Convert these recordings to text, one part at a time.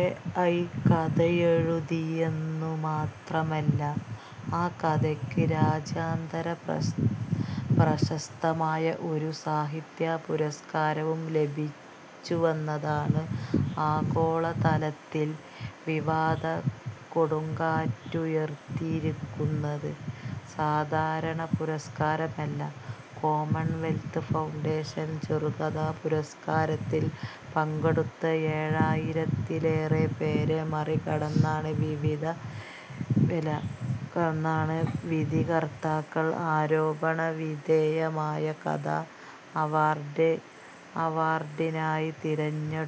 AI കഥയെഴുതിയെന്നു മാത്രമല്ല, ആ കഥയ്ക്ക് രാജ്യാന്തര പ്രശസ്തമായ ഒരു സാഹിത്യപുരസ്കാരവും ലഭിച്ചുവെന്നതാണ് ആഗോളതലത്തിൽ വിവാദക്കൊടുങ്കാറ്റുയർത്തിയിരിക്കുന്നത്. സാധാരണ പുരസ്കാരമല്ല, കോമൺവെൽത്ത് ഫൗണ്ടേഷൻ ചെറുകഥാ പുരസ്കാരത്തിൽ പങ്കെടുത്ത ഏഴായിരത്തിലേറെപ്പേരെ മറികടന്നാണ് വിധികർത്താക്കൾ ആരോപണവിധേയമായ കഥ അവാർഡിനായി തിരഞ്ഞെടുത്തതെന്നതും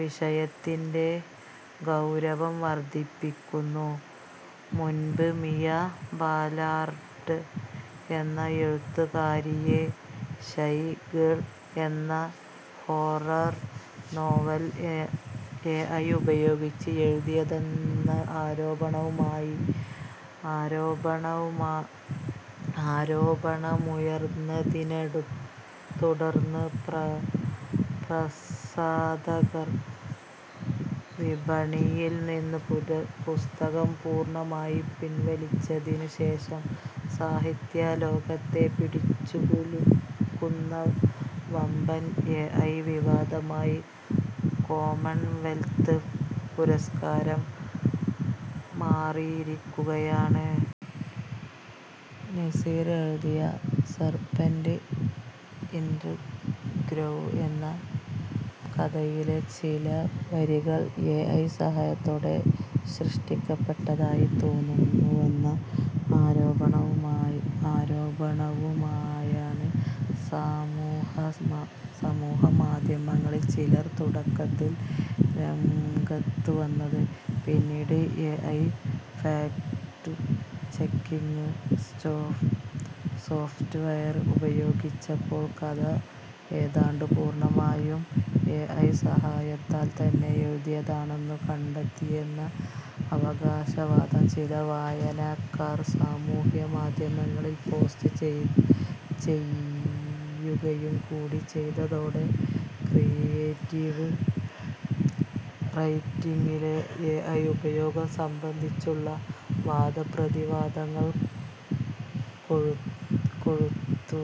വിഷയത്തിന്റെ ഗൗരവം വർധിപ്പിക്കുന്നു. മുൻപ് മിയ ബലാർഡ് എന്ന എഴുത്തുകാരിയുടെ 'ഷൈ ഗേൾ' എന്ന ഹൊറർ നോവൽ എഐ ഉപയോഗിച്ച് എഴുതിയതാണെന്ന ആരോപണമുയർന്നതിനെത്തുടർന്നു പ്രസാധകർ വിപണിയിൽ നിന്നു പുസ്തകം പൂർണമായി പിൻവലിച്ചതിനു ശേഷം സാഹിത്യലോകത്തെ പിടിച്ചുകുലുക്കുന്ന വമ്പൻ എഐ വിവാദമായി കോമൺവെൽത്ത് പുരസ്കാരം മാറിയിരിക്കുകയാണ്. നസീർ എഴുതിയ 'സെർപെന്റ് ഇൻ ദ് ഗ്രോവ്' എന്ന കഥയിലെ ചില വരികൾ എഐ സഹായത്തോടെ സൃഷ്ടിക്കപ്പെട്ടതായി തോന്നുന്നുവെന്ന ആരോപണവുമായാണ് സമൂഹമാധ്യമങ്ങളിൽ ചിലർ തുടക്കത്തിൽ രംഗത്തുവന്നത്. പിന്നീട് എഐ ഫാക്ട് ചെക്കിങ് സോഫ്റ്റ്വെയർ ഉപയോഗിച്ചപ്പോൾ കഥ ഏതാണ്ടു പൂർണമായും എഐ സഹായത്താൽ തന്നെ എഴുതിയതാണെന്നു കണ്ടെത്തിയെന്ന അവകാശവാദം ചില വായനക്കാർ സമൂഹമാധ്യമങ്ങളിൽ പോസ്റ്റ് ചെയ്യുകയും കൂടി ചെയ്തതോടെ ക്രിയേറ്റീവ് റൈറ്റിങ്ങിലെ എഐ ഉപയോഗം സംബന്ധിച്ചുള്ള വാദപ്രതിവാദങ്ങൾ കൊഴുത്തു.